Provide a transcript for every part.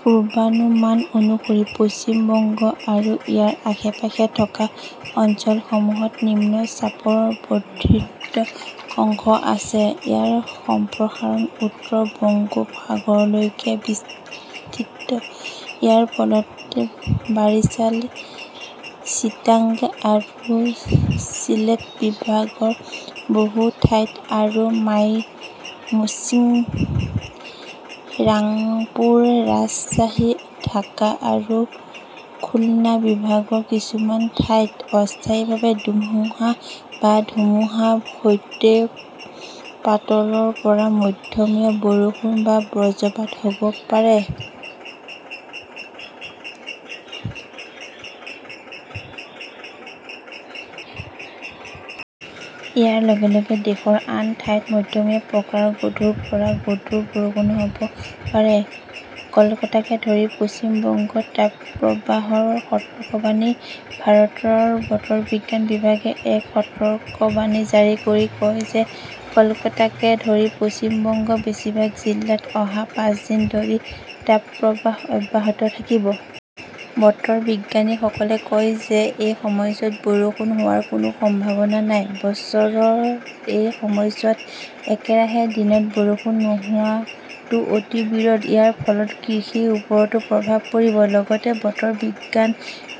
পূৰ্বানুমান অনুসৰি, পশ্চিম বংগ আৰু ইয়াৰ আশে-পাশে থকা অঞ্চলসমূহত নিম্নচাপৰ বৰ্ধিত অংশ আছে। ইয়াৰ সম্প্ৰসাৰণ উত্তৰ বংগোপসাগৰলৈকে বিস্তৃত। ইয়াৰ ফলত বাৰিছাল, চিটাগং আৰু চিলেট বিভাগৰ বহু ঠাইত আৰু মাইমশ্বিং, ৰাংপুৰ, ৰাজশ্বাহী, ঢাকা আৰু খুলনা বিভাগৰ কিছুমান ঠাইত অস্থায়ীভাৱে ধুমুহা বা ধুমুহাৰ সৈতে পাতলৰ পৰা মধ্যমীয়া বৰষুণ বা বজ্ৰপাত হ 'ব পাৰে। ইয়াৰ লগে লগে দেশৰ আন ঠাইত মধ্যমীয়া প্ৰকাৰৰ গধুৰ পৰা গধুৰ বৰষুণ হʼব পাৰে। কলকাতাকে ধৰি পশ্চিম বংগত তাপপ্ৰবাহৰ সতৰ্কবাণী ভাৰতৰ বতৰ বিজ্ঞান বিভাগে এক সতৰ্কবাণী জাৰি কৰি কয় যে কলকাতাকে ধৰি পশ্চিম বংগৰ বেছিভাগ জিলাত অহা পাঁচ দিন ধৰি তাপপ্ৰবাহ অব্যাহত থাকিব। বতৰ বিজ্ঞানীসকলে কয় যে এই সময়ছোৱাত বৰষুণ হোৱাৰ কোনো সম্ভাৱনা নাই। বছৰৰ এই সময়ছোৱাত একেৰাহে দিনত বৰষুণ নোহোৱাটো অতি বিৰল। ইয়াৰ ফলত কৃষিৰ ওপৰতো প্ৰভাৱ পৰিব, লগতে বতৰ বিজ্ঞান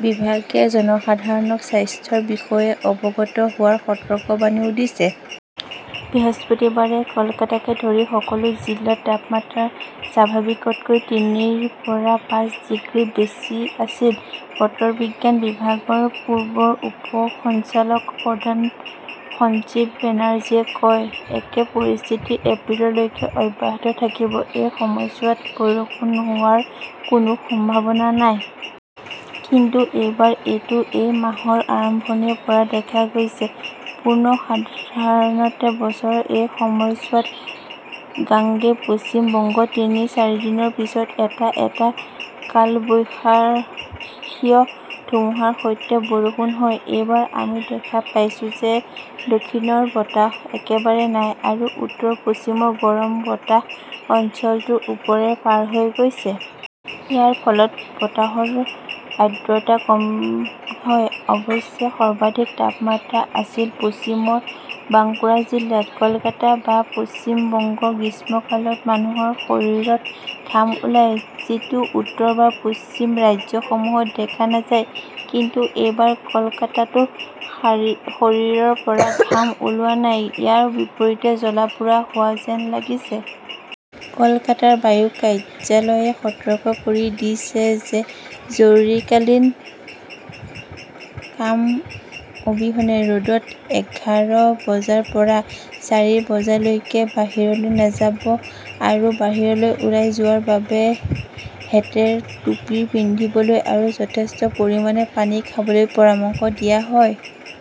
বিভাগে জনসাধাৰণক স্বাস্থ্যৰ বিষয়ে অৱগত হোৱাৰ সতৰ্কবাণীও দিছে। বৃহস্পতিবাৰে কলকাতাকে ধৰি সকলো জিলাৰ তাপমাত্ৰা স্বাভাৱিকতকৈ তিনিৰ পৰা পাঁচ ডিগ্ৰী বেছি আছিল, বতৰ বিজ্ঞান বিভাগৰ পূবৰ উপ সঞ্চালক প্ৰধান সঞ্জীৱ বেনাৰ্জীয়ে কয়। একে পৰিস্থিতি এপ্ৰিললৈকে অব্যাহত থাকিব। এই সময়ছোৱাত বৰষুণ হোৱাৰ কোনো সম্ভাৱনা নাই। কিন্তু এইবাৰ এইটো এই মাহৰ আৰম্ভণিৰে পৰা দেখা গৈছে। পুনৰ সাধাৰণতে বছৰৰ এই সময়ছোৱাত গাঙ্গেয় পশ্চিম বংগত তিনি-চাৰিদিনৰ পিছত এটা-এটা কালবৈশাখীয় ধুমুহাৰ সৈতে বৰষুণ হয়। এইবাৰ আমি দেখা পাইছো যে দক্ষিণৰ বতাহ একেবাৰে নাই, আৰু উত্তৰ-পশ্চিমৰ গৰম বতাহ অঞ্চলটোৰ ওপৰেৰে পাৰ হৈ গৈছে। ইয়াৰ ফলত বতাহত আৰ্দ্ৰতা অতি কম হয়। "অৱশ্যে সৰ্বাধিক তাপমাত্ৰা আছিল পশ্চিমৰ বাংকুৰা জিলাত। কলকাতা বা পশ্চিম বংগৰ গ্ৰীষ্মকালত মানুহৰ শৰীৰত ঘাম ওলায়, যিটো উত্তৰ বা পশ্চিম ৰাজ্যসমূহত দেখা নাযায়। কিন্তু এইবাৰ কলকাতাতো শৰীৰৰ পৰা ঘাম ওলোৱা নাই, ইয়াৰ বিপৰীতে জ্বলা-পোৰা হোৱা যেন লাগিছে। কলকাতাৰ বায়ু কাৰ্যালয়ে সতৰ্ক কৰি দিছে যে জৰুৰীকালীন কাম অবিহনে ৰ 'দত এঘাৰ বজাৰ পৰা চাৰি বজালৈকে বাহিৰলৈ নাযাব। আৰু বাহিৰলৈ ওলাই যোৱাৰ বাবে হেটেৰ টুপী পিন্ধিবলৈ আৰু যথেষ্ট পৰিমাণে পানী খাবলৈ পৰামৰ্শ দিয়া হয়।